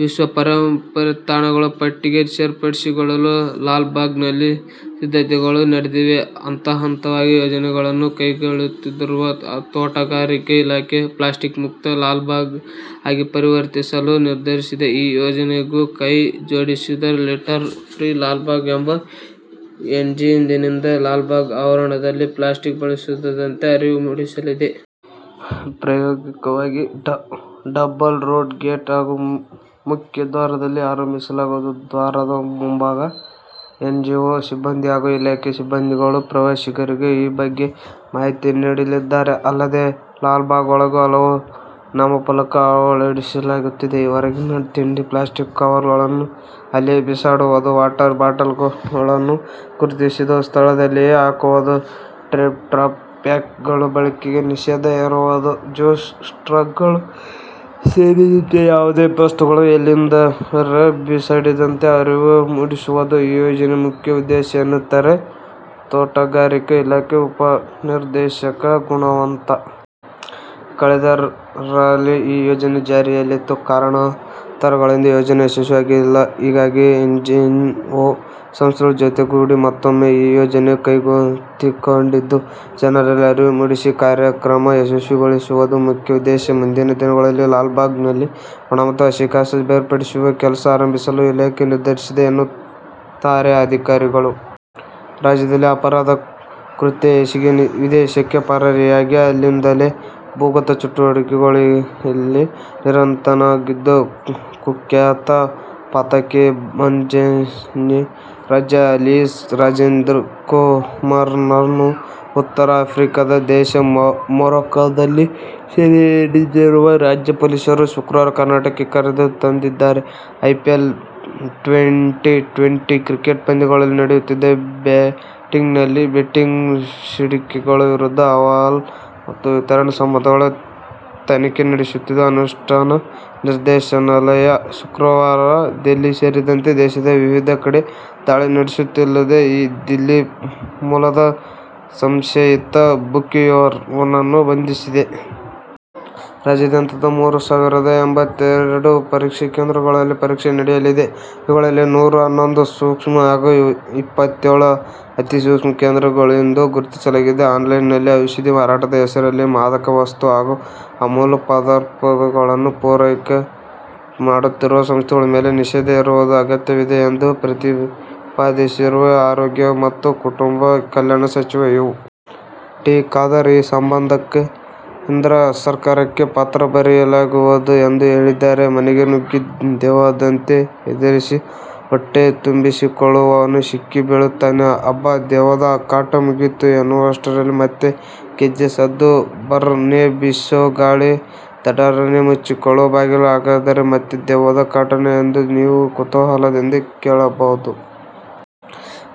ವಿಶ್ವ ಪಾರಂಪರಿಕ ತಾಣಗಳ ಪಟ್ಟಿಗೆ ಸೇರ್ಪಡೆಗೊಳಿಸಲು ಲಾಲ್ಬಾಗ್ನಲ್ಲಿ ಸಿದ್ಧತೆಗಳು ನಡೆದಿವೆ. ಹಂತ ಹಂತವಾಗಿ ಯೋಜನೆಗಳನ್ನು ಕೈಗೆತ್ತಿಕೊಳ್ಳುತ್ತಿರುವ ತೋಟಗಾರಿಕೆ ಇಲಾಖೆ 'ಪ್ಲಾಸ್ಟಿಕ್ ಮುಕ್ತ ಲಾಲ್ಬಾಗ್ ಆಗಿ ಪರಿವರ್ತಿಸಲು ನಿರ್ಧರಿಸಿದೆ. ಈ ಯೋಜನೆಗೂ ಕೈ ಜೋಡಿಸಿರುವ 'ಲಿಟ್ಟರ್ ಫ್ರೀ ಲಾಲ್ಬಾಗ್' ಎಂಬ ಎನ್ಜಿ ಇಂದಿನಿಂದ ಲಾಲ್ಬಾಗ್ ಆವರಣದಲ್ಲಿ ಪ್ಲಾಸ್ಟಿಕ್ ಬಳಸದಂತೆ ಅರಿವು ಮೂಡಿಸಲಿದೆ. ಪ್ರಾಯೋಗಿಕವಾಗಿ ಡಬ್ಬಲ್ ರೋಡ್ ಗೇಟ್ ಹಾಗೂ ಮುಖ್ಯ ದ್ವಾರದಲ್ಲಿ ಆರಂಭಿಸಲಾಗುವುದು. ದ್ವಾರದ ಮುಂಭಾಗ ಎನ್ಜಿಒ ಸಿಬ್ಬಂದಿ ಹಾಗೂ ಇಲಾಖೆ ಸಿಬ್ಬಂದಿಗಳು ಪ್ರವಾಸಿಗರಿಗೆ ಈ ಬಗ್ಗೆ ಮಾಹಿತಿ ನೀಡಲಿದ್ದಾರೆ. ಅಲ್ಲದೇ, ಲಾಲ್ಬಾಗ್ ಒಳಗೂ ಹಲವು ನಾಮಫಲಕ ಅಳವಡಿಸಲಾಗುತ್ತಿದೆ. ಹೊರಗಿನ ತಿಂಡಿ ಪ್ಲಾಸ್ಟಿಕ್ ಕವರ್ಗಳನ್ನು ಅಲ್ಲಿಯೇ ಬಿಸಾಡುವುದು, ವಾಟರ್ ಬಾಟಲ್ಗಳನ್ನು ಗುರುತಿಸಿದ ಸ್ಥಳದಲ್ಲಿಯೇ ಹಾಕುವುದು, ಟೆಟ್ರಾಪ್ಯಾಕ್ಗಳ ಬಳಕೆಗೆ ನಿಷೇಧ ಹೇರುವುದು, ಜ್ಯೂಸ್ ಸ್ಟ್ರಾಗಳು ಸೇರಿದಂತೆ ಯಾವುದೇ ವಸ್ತುಗಳನ್ನು ಎಲ್ಲೆಂದರಲ್ಲಿ ಬಿಸಾಡದಂತೆ ಅರಿವು ಮೂಡಿಸುವುದು ಈ ಯೋಜನೆ ಮುಖ್ಯ ಉದ್ದೇಶ ಎನ್ನುತ್ತಾರೆ ತೋಟಗಾರಿಕೆ ಇಲಾಖೆ ಉಪನಿರ್ದೇಶಕ ಗುಣವಂತ. ಕಳೆದ ರಲ್ಲೇ ಈ ಯೋಜನೆ ಜಾರಿಯಲ್ಲಿತ್ತು. ಕಾರಣಾಂತರಗಳಿಂದ ಯೋಜನೆ ಯಶಸ್ವಿಯಾಗಿಲ್ಲ. ಹೀಗಾಗಿ, ಎನ್ಜಿಒ ಸಂಸ್ಥೆಗಳ ಜೊತೆಗೂಡಿ ಮತ್ತೂಮ್ಮೆ ಈ ಯೋಜನೆ ಕೈಗೆತ್ತಿಕೊಂಡಿದ್ದು, ಜನರಲ್ಲಿ ಅರಿವು ಮೂಡಿಸಿ ಕಾರ್ಯಕ್ರಮ ಯಶಸ್ವಿಗೊಳಿಸುವುದು ಮುಖ್ಯ ಉದ್ದೇಶ. ಮುಂದಿನ ದಿನಗಳಲ್ಲಿ ಲಾಲ್ಬಾಗ್ನಲ್ಲಿ ಒಣ ಮತ್ತು ಹಸಿ ಕಸ ಬೇರ್ಪಡಿಸುವ ಕೆಲಸ ಆರಂಭಿಸಲು ಇಲಾಖೆ ನಿರ್ಧರಿಸಿದೆ ಎನ್ನುತ್ತಾರೆ ಅಧಿಕಾರಿಗಳು. ರಾಜ್ಯದಲ್ಲಿ ಅಪರಾಧ ಕೃತ್ಯ ಎಸಗಿ ವಿದೇಶಕ್ಕೆ ಪರಾರಿಯಾಗಿ ಅಲ್ಲಿಂದಲೇ ಭೂಗತ ಚಟುವಟಿಕೆಗಳಲ್ಲಿ ನಿರತನಾಗಿದ್ದ ಕುಖ್ಯಾತ ಪಾತಕಿ ಬನ್ನಂಜೆ ರಾಜ ಅಲಿಯಾಸ್ ರಾಜೇಂದ್ರಕುಮಾರ್ನನ್ನು ಉತ್ತರ ಆಫ್ರಿಕಾದ ದೇಶ ಮೊರಕ್ಕೋದಲ್ಲಿ ಸೆರೆ ಹಿಡಿದಿರುವ ರಾಜ್ಯ ಪೊಲೀಸರು, ಶುಕ್ರವಾರ ಕರ್ನಾಟಕಕ್ಕೆ ಕರೆದುತಂದಿದ್ದಾರೆ. ಐಪಿಎಲ್ ಟ್ವೆಂಟಿ-ಟ್ವೆಂಟಿ ಕ್ರಿಕೆಟ್ ಪಂದ್ಯಗಳಲ್ಲಿ ನಡೆಯುತ್ತಿದ್ದ ಬೆಟ್ಟಿಂಗ್ನಲ್ಲಿ ಬೆಟ್ಟಿಂಗ್ ಸಿಂಡಿಕೇಟ್ಗಳ ವಿರುದ್ಧ ಹವಾಲಾ ಮತ್ತು ವಿತರಣೆ ಸಂಬಂಧ ತನಿಖೆ ನಡೆಸುತ್ತಿರುವ ಅನುಷ್ಠಾನ ನಿರ್ದೇಶನಾಲಯ ಶುಕ್ರವಾರ ದಿಲ್ಲಿ ಸೇರಿದಂತೆ ದೇಶದ ವಿವಿಧ ಕಡೆ ದಾಳಿ ನಡೆಸಿತಲ್ಲದೇ ದಿಲ್ಲಿ ಮೂಲದ ಸಂಶಯಿತ ಬುಕ್ಕಿಯೋರ್ವನನ್ನು ಬಂಧಿಸಿದೆ. ರಾಜ್ಯಾದ್ಯಂತ ಮೂರು ಸಾವಿರದ ಎಂಬತ್ತೆರಡು ಪರೀಕ್ಷಾ ಕೇಂದ್ರಗಳಲ್ಲಿ ಪರೀಕ್ಷೆ ನಡೆಯಲಿದೆ. ಇವುಗಳಲ್ಲಿ ನೂರ ಹನ್ನೊಂದು ಸೂಕ್ಷ್ಮ ಹಾಗೂ ಇಪ್ಪತ್ತೇಳು ಅತಿಸೂಕ್ಷ್ಮ ಕೇಂದ್ರಗಳೆಂದು ಗುರುತಿಸಲಾಗಿದೆ. ಆನ್ಲೈನ್ನಲ್ಲಿ ಔಷಧ ಮಾರಾಟದ ಹೆಸರಿನಲ್ಲಿ ಮಾದಕ ವಸ್ತು ಹಾಗೂ ಅಮಲು ಪ್ರದಾರ್ಥಗಳನ್ನು ಪೂರೈಕೆ ಮಾಡುತ್ತಿರುವ ಸಂಸ್ಥೆಗಳ ಮೇಲೆ ನಿಷೇಧ ಹೇರುವುದು ಅಗತ್ಯವಿದೆ ಎಂದು ಪ್ರತಿಪಾದಿಸಿರುವ ಆರೋಗ್ಯ ಮತ್ತು ಕುಟುಂಬ ಕಲ್ಯಾಣ ಸಚಿವ ಯು. ಟಿ. ಖಾದರ್, ಈ ಸಂಬಂಧ ಕೇಂದ್ರ ಸರ್ಕಾರಕ್ಕೆ ಪತ್ರ ಬರೆಯಲಾಗುವುದು ಎಂದು ಹೇಳಿದ್ದಾರೆ. ಮನೆಗೆ ನುಗ್ಗಿ ದೆವ್ವದಂತೆ ಹೆದರಿಸಿ ಹೊಟ್ಟೆ ತುಂಬಿಸಿಕೊಳ್ಳುವವ ಸಿಕ್ಕಿ ಬೀಳುತ್ತಾನೆ. ಅಬ್ಟಾ, ದೆವ್ವದ ಕಾಟ ಮುಗೀತು ಎನ್ನುವಷ್ಟರಲ್ಲಿ ಮತ್ತೆ ಗೆಜ್ಜೆ ಸದ್ದು, ಬರ್ರನೇ ಬಿಸೋ ಗಾಳಿ, ಧಡಾರನೇ ಮುಚ್ಚಿಕೊಳ್ಳೋ ಬಾಗಿಲು ಹಾಗಾದರೆ ಮತ್ತೆ ದೆವ್ವದ ಕಾಟನಾ ಎಂದು ನೀವು ಕುತೂಹಲದಿಂದ ಕೇಳಬಹುದು.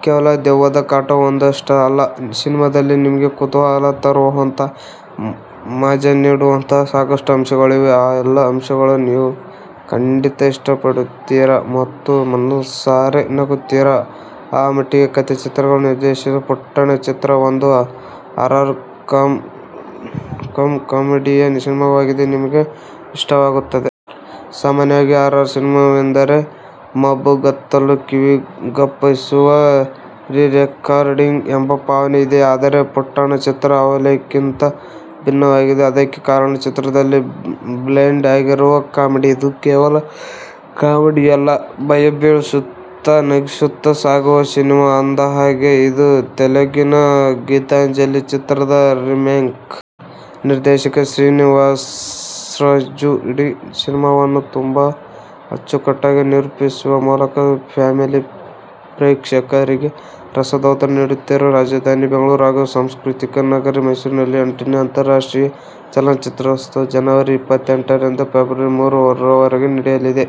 ಕೇವಲ ದೆವ್ವದ ಕಾಟವೊಂದಷ್ಟೇ ಅಲ್ಲ, ಸಿನಿಮಾದಲ್ಲಿ ನಿಮಗೆ ಕುತೂಹಲ ತರುವಂತಹ, ಮಜಾ ನೀಡುವಂತಹ ಸಾಕಷ್ಟು ಅಂಶಗಳಿವೆ. ಆ ಎಲ್ಲಾ ಅಂಶಗಳನ್ನು ನೀವು ಖಂಡಿತಾ ಇಷ್ಟಪಡುತ್ತೀರಿ ಮತ್ತು ಮನಸ್ಸಾರೆ ನಗುತ್ತೀರಿ. ಆ ಮಟ್ಟಿಗೆ "ಕಥೆ ಚಿತ್ರಕಥೆ ನಿರ್ದೇಶನ ಪುಟ್ಟಣ್ಣ' ಚಿತ್ರ ಒಂದು ಹಾರರ್ ಕಂ ಕಾಮಿಡಿ ಸಿನಿಮಾವಾಗಿ ನಿಮಗೆ ಇಷ್ಟವಾಗುತ್ತದೆ. ಸಾಮಾನ್ಯವಾಗಿ ಹಾರರ್ ಸಿನಿಮಾವೆಂದರೆ ಮಬ್ಬುಗತ್ತಲು, ಕಿವಿಗಪ್ಪಳಿಸುವ ರೀರೆಕಾರ್ಡಿಂಗ್ ಎಂಬ ಭಾವನೆ ಇದೆ. ಆದರೆ, "ಪುಟ್ಟಣ್ಣ' ಚಿತ್ರ ಅವೆಲ್ಲಕ್ಕಿಂತ ಭಿನ್ನವಾಗಿದೆ. ಅದಕ್ಕೆ ಕಾರಣ ಚಿತ್ರದಲ್ಲಿ ಬ್ಲೆಂಡ್ ಆಗಿರುವ ಕಾಮಿಡಿ. ಇದು ಕೇವಲ ಕಾಮಿಡಿಯಲ್ಲ, ಭಯಬೀಳಿಸುತ್ತಾ, ನಗಿಸುತ್ತಾ ಸಾಗುವ ಸಿನಿಮಾ. ಅಂದಹಾಗೆ, ಇದು ತೆಲುಗಿನ "ಗೀತಾಂಜಲಿ' ಚಿತ್ರದ ರೀಮೇಕ್. ನಿರ್ದೇಶಕ ಶ್ರೀನಿವಾಸ್ರಾಜು ಇಡೀ ಸಿನಿಮಾವನ್ನು ತುಂಬಾ ಅಚ್ಚುಕಟ್ಟಾಗಿ ನಿರೂಪಿಸುವ ಮೂಲಕ ಫ್ಯಾಮಿಲಿ ಪ್ರೇಕ್ಷಕರಿಗೆ ರಸದೌತಣ ನೀಡುತ್ತಾರೆ. ರಾಜಧಾನಿ ಬೆಂಗಳೂರು ಹಾಗೂ ಸಾಂಸ್ಕೃತಿಕ ನಗರಿ ಮೈಸೂರಿನಲ್ಲಿ ಎಂಟನೇ ಅಂತಾರಾಷ್ಟ್ರೀಯ ಚಲನಚಿತ್ರೋತ್ಸವ ಜನವರಿ ಇಪ್ಪತ್ತೆಂಟರಿಂದ ಫೆಬ್ರವರಿ ಮೂರ ರವರೆಗೆ ನಡೆಯಲಿದೆ.